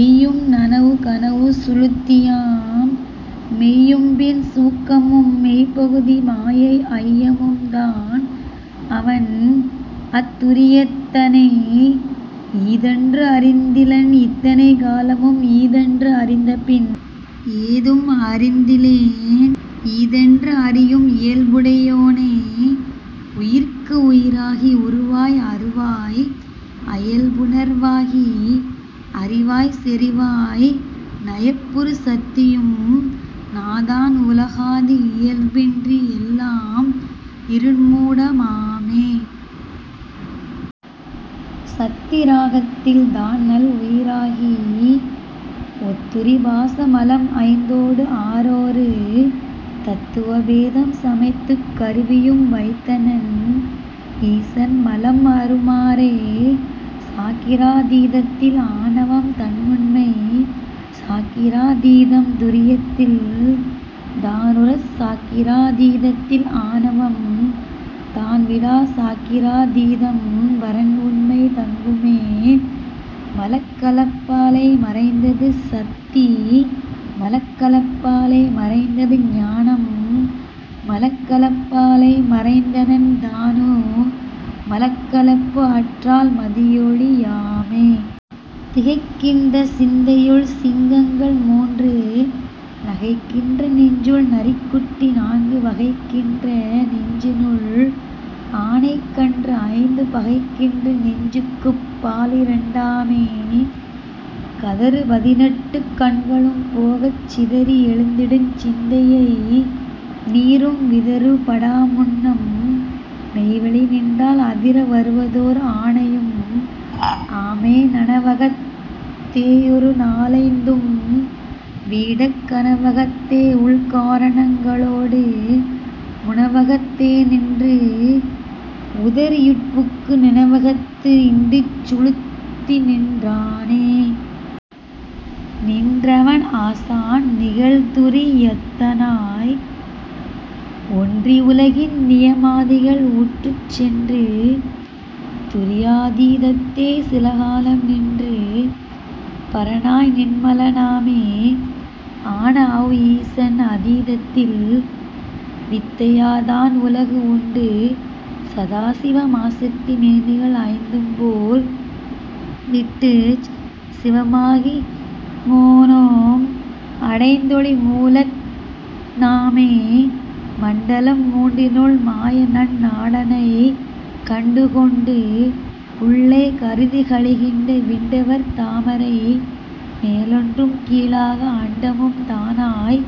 எய்யும் நனவு கனவு சுழுத்தியாம் மெய்யும்பின் சூக்கமும் மெய்ப்பகுதி மாயை ஐயமும் தான்அவன் அத்துரி யத்தனே. ஈதென்று அறிந்திலன் இத்தனை காலமும் ஈதென்று அறியும் அறிவை அறிந்தபின் ஈதென்று அறியும் இயல்புடை யோனே. உயிர்க்குஉயி ராகி உருவாய் அருவாய் அயல்புணர் வாகி அறிவாய்ச் செறிவாய் நயப்புறு சத்தியும் நாதன் உலகாதி இயற்பின்றி எல்லாம் இருண்மூட மாமே. சத்தி இராகத்தில் தான்நல் உயிராகி ஒத்துறி பாச மலம்ஐந்தோடு ஆறாறு தத்துவ பேதம் சமைத்துக் கருவியும் வைத்தனன் ஈசன் மலம்அறு மாறே. சாக்கிரா தீதத்தில் ஆணவம் தன்னுண்மை சாக்கிரா தீதம் துரியத்தில் தானுறச் சாக்கிரா தீதத்தில் ஆணவம் தான்விடாச் சாக்கிரா தீதம் பரன்உண்மை தங்குமே. மலக்கலப் பாலே மறைந்தது சத்தி மலக்கலப் பாலே மறைந்தது ஞானம் மலக்கலப் பாலே மறைந்தனன் தாணு மலக்கலப்பு அற்றால் மதியொளி யாமே. திகைக்கின்ற சிந்தையுள் சிங்கங்கள் மூன்று நகைக்கின்ற நெஞ்சுள் நரிக்குட்டி நான்கு வகைக்கின்ற நெஞ்சினுள் ஆனைக்கன்று ஐந்து பகைக்கின்ற நெஞ்சுக்குப் பாலிரண் டாமே. கதறு பதினெட்டுக் கண்களும் போகச் சிதறி எழுந்திடுஞ் சிந்தையை நீரும் விதறு படாமுன்னம் மெய்வழி நின்றால் அதிர வருவதோர் ஆனையும் ஆமே. நனவகத் தேயொரு நாலைந்தும் வீடக் கனவகத் தேஉள் காரணங்க ளோடு முனவகத் தேநின்று உதறியுட் புக்கு நினைவகத்து இன்றிச் சுழுத்திநின் றானே. நின்றவன் ஆசான் நிகழ்துரி யத்தனாய் ஒன்றி உலகின் நியமாதிகள் உற்றுச் சென்று துரியாதீ தத்தே சிலகாலம் நின்று பரனாய் நின்மல னாமே. ஆனஅவ் ஈசன் அதீதத்தில் வித்தையாத் தான்உலகு உண்டு சதாசிவ மாசத்தி மேனிகள் ஐந்தும்போல் விட்டுச் சிவமாகி மோனம் அடைந்தொளி மூலத் னாமே. மண்டலம் மூன்றினுள் மாயநன் நாடனைக் கண்டுகொண்டு உள்ளே கருதிக் கழிகின்ற விண்டவர் தாமரை மேலொன்றும் கீழாக அண்டமும் தானாய்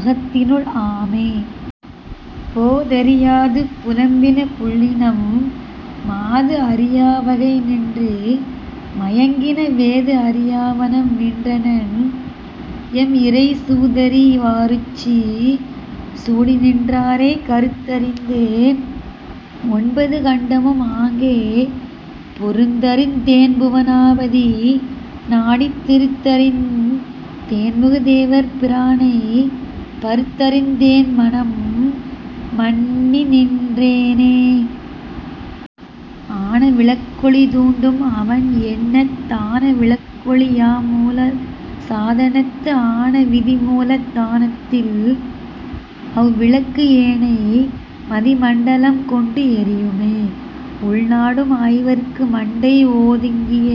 அகத்தினுள் ஆமே. போதறி யாது புலம்பின புள்ளினம் மாது அறி யாவகை நின்று மயங்கின வேதுஅறி யாவணம் நின்றனன் எம்இறை சூதறி வாருச்சி சூடிநின் றாரே. கருத்தறிந்து ஒன்பது கண்டமும் ஆங்கே பொருந்தறிந் தேன்புவ னாபதி நாடித் திருத்தறிந் தேன்மிகு தேவர் பிரானை பருத்தறிந் தேன்மனம் மன்னிநின் றேனே. ஆன விளக்கொளி தூண்டும் அவன் என்னத் தான விளக்கொளி யாம்மூல சாதனத்து ஆன விதிமூலத் தானத்தில் அவ்விளக்கு ஏனை மதிமண்ட லம்கொண்டு எரியுமே. உள்நாடும் ஐவர்க்கு மண்டை ஓதுங்கிய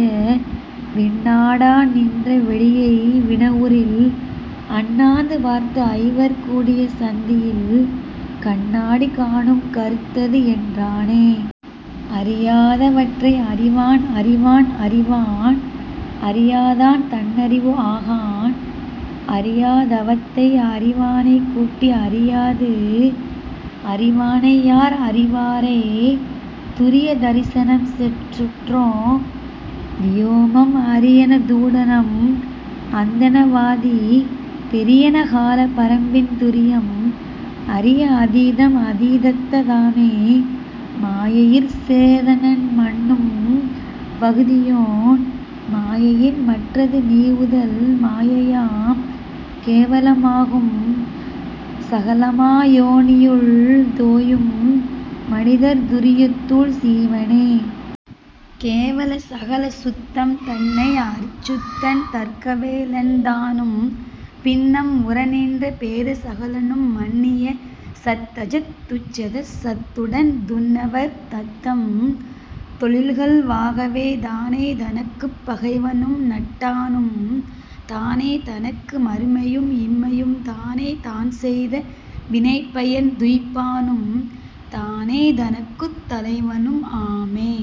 விண்நாட நின்ற வெளியை வினவுறில் அண்ணாந்து பார்த்துஐவர் கூடிய சந்தியில் கண்நாடி காணும் கருத்ததுஎன் றானே. அறியாத வற்றை அறிவான் அறிவான் அறிவான் அறியாதான் தன்னறிவு ஆகான் அறியா தவத்தை அறிவானைக் கூட்டி அறியாது அறிவானை யார்அறிவாரே. துரிய தரிசனம் சொற்றோம் வியோமம் அரியன தூடணம் அந்தண வாதி பெரியன கால பரம்பின் துரியம் அரிய அதீதம் அதீதத்த தாமே. மாயையிற் சேதனன் மன்னும் பகுதியோன் மாயையின் மற்றது நீவுதல் மாயையாம் கேவல மாகும் சகலமா யோனியுள் தோயும் மனிதர் துரியத்துள் சீவனே.. கேவல சகல சுத்தம் தன்னை அறிசுத்தன் தற்கேவ லன்தானும் பின்னம் உறநின்ற பேத சகலனும் மன்னிய சத்தசத் துச்சத சத்துடன் துன்னவர் தத்தம் தொழில்கள் வாகவே. தானே தனக்குப் பகைவனும் நட்டானும் தானே தனக்கு மறுமையும் இம்மையும் தானே தான்செய்த வினைப்பயன் துய்ப்பானும் தானே தனக்குத் தலைவனும் ஆமே.